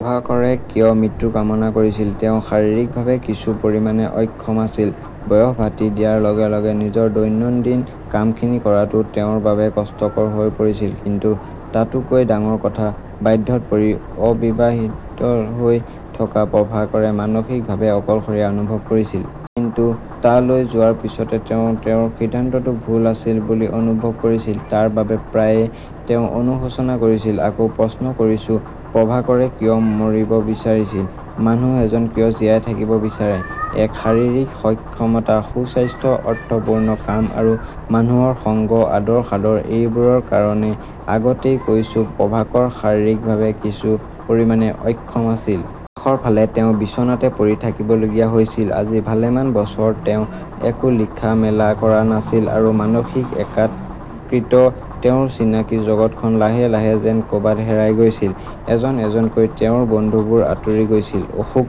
প্ৰভাকৰে কিয় মৃত্যু কামনা কৰিছিল, তেওঁ শাৰীৰিকভাৱে কিছু পৰিমাণে অক্ষম আছিল। বয়স ভাটি দিয়াৰ লগে লগে নিজৰ দৈনন্দিন কামখিনি কৰাটোও তেওঁৰ কাৰণে কষ্টকৰ হৈ পৰিছিল। কিন্তু তাতোকৈ ডাঙৰ কথা বাধ্যত পৰি অবিবাহিতহৈ থকা প্ৰভাকৰে মানসিকভাৱে অকলশৰীয়া অনুভৱ কৰিছিল। কিন্তু তালৈ যোৱাৰ পিছতে তেওঁ তেওঁৰ সিদ্ধান্তটো ভুল আছিল বুলি অনুভৱ কৰিছিল। তাৰ বাবে প্ৰায়ে তেওঁ অনুশোচনা কৰিছিল। আকৌ প্ৰশ্ন কৰিছোঁ প্ৰভাকৰে কিয় মৰিব বিচাৰিছিল ?মানুহ এজন কিয় জীয়াই থাকিব বিচাৰে? এক শাৰীৰিক সক্ষমতা সুস্বাস্থ্য অৰ্থপূৰ্ণ কাম আৰু মানুহৰ সংগ আদৰ-সাদৰ এইবোৰৰ কাৰণে আগতেই কৈছোঁ প্ৰভাকৰ শাৰীৰিকভাৱে কিছু পৰিমাণে অক্ষম আছিল। শেষৰ ফালে তেওঁ বিচনাতে পৰি থাকিবলগীয়া হৈছিল। আজি ভালেমান বছৰ তেওঁ একো লিখা-মিলা কৰা নাছিল আৰু মানসিক একাকিত্ব তেওঁৰ চিনাকি জগতখন লাহে লাহে যেন কবাত হেৰাই গৈছিল। এজন এজনকৈ তেওঁৰ বন্ধুবোৰ আঁতৰি গৈছিল। অশোক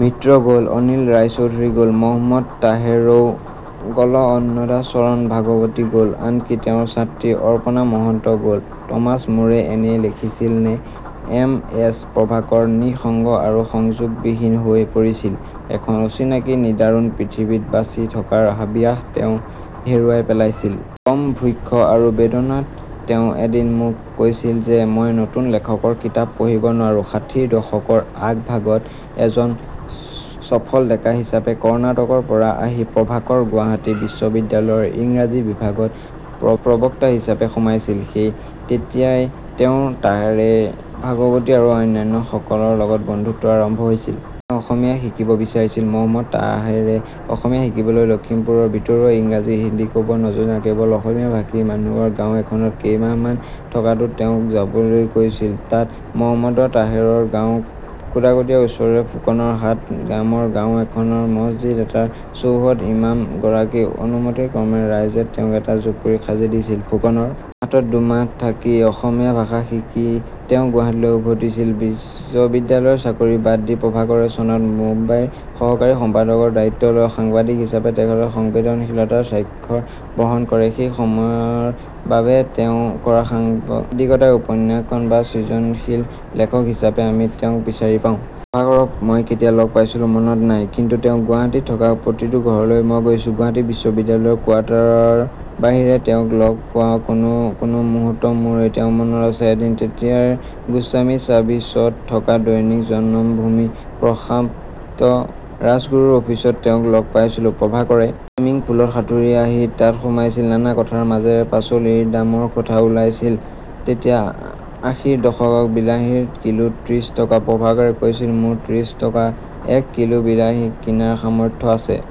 মিত্ৰ গ'ল। অনিল ৰায়চৌধুৰী গ'ল। মহম্মদ তাহেৰও গলঅন্নদাচৰণ ভাগৱতীও গ'ল। আনকি তেওঁৰ ছাত্ৰী অপৰ্ণা মহন্তও গ'ল। টমাচ মূৰে এনেয়ে লিখিছিল নে? এম এছ প্ৰভাকৰ নিঃসংগ আৰু সংযোগবিহীন হৈ পৰিছিল। এখন অচিনাকি নিদাৰুণ পৃথিৱীত বাচি থকাৰ হাবিয়াস তেওঁ হেৰুৱাই পেলাইছিল। কম ক্ষোভ আৰু বেদনাত তেওঁ এদিন মোক কৈছিল যে মই নতুন লেখকৰ কিতাপ পঢ়িব নোৱাৰোঁ। ষাঠীৰ দশকৰ আগভাগত এজন চফল ডেকা হিচাপে কৰ্ণাটকৰ পৰা আহি প্ৰভাকৰ গুৱাহাটী বিশ্ববিদ্যালয়ৰ ইংৰাজী বিভাগত প্ৰবক্তা হিচাপে সোমাইছিল। সেই তেতিয়াই তেওঁৰ তাহেৰ ভাগৱতী আৰু অন্যান্য সকলৰ লগত বন্ধুত্ব আৰম্ভ হৈছিল। তেওঁ অসমীয়া শিকিব বিচাৰিছিল। মহম্মদ তাহেৰে অসমীয়া শিকিবলৈ লক্ষিমপুৰৰ ভিতৰুৱা ইংৰাজী হিন্দী ক'ব নজনা কেৱল অসমীয়া ভাষী মানুহৰ গাঁও এখনত কেইমাহমান থকাকৈ তেওঁক যাবলৈ কৈছিল। তাত মহম্মদ তাহেৰৰ গাঁও খুটাকটীয়া ওচৰৰে ফুকনৰ হাট নামৰ গাঁও এখনৰ মচজিদ এটাৰ চৌহদত ইমাম গৰাকীৰ অনুমতি ক্ৰমে ৰাইজে তেওঁক এটা জুপুৰী সাজি দিছিল। ফুকনৰ হাটত দুমাহ থাকি অসমীয়া ভাষা শিকি তেওঁ গুৱাহাটীলৈ উভতিছিল। বিশ্ববিদ্যালয়ৰ চাকৰি বাদ দি প্ৰভাকৰে চনত মুম্বাইৰ সহকাৰী সম্পাদকৰ দায়িত্ব লয়। সাংবাদিক হিচাপে তেখেতৰ সংবেদনশীলতাৰ স্বাক্ষৰ বহন কৰে সেই সময়ৰ বাবে তেওঁ কৰা সাংবাদিকতাই উপন্যাসিক বা সৃজনীশীল লেখক হিচাপে আমি তেওঁক বিচাৰি পাওঁ। প্ৰভাকৰক মই কেতিয়া লগ পাইছিলোঁ মনত নাই। কিন্তু তেওঁ গুৱাহাটীত থকা প্ৰতিটো ঘৰলৈ মই গৈছিলোঁ। গুৱাহাটী বিশ্ববিদ্যালয়ৰ কোৱাৰ্টাৰৰ বাহিৰে তেওঁক লগ পোৱা কোনো কোনো মুহূৰ্ত মোৰ এতিয়াও মনত আছে। এদিন তেতিয়াৰ গোস্বামী চাৰ্ভিচত থকা দৈনিক জনমভূমি প্ৰশান্ত ৰাজগুৰুৰ অফিচত তেওঁক লগ পাইছিলোঁ। প্ৰভাকৰে চুইমিং পুলত সাঁতুৰি আহি তাত সোমাইছিল। নানা কথাৰ মাজতে পাচলিৰ দামৰ কথা ওলাইছিল। তেতিয়া আশীৰ দশক বিলাহীৰ কিলো ত্ৰিশ টকা। প্ৰভাকৰে কৈছিল মোৰ ত্ৰিশ টকাত এক কিলো বিলাহী কিনাৰ সামৰ্থ্য আছে।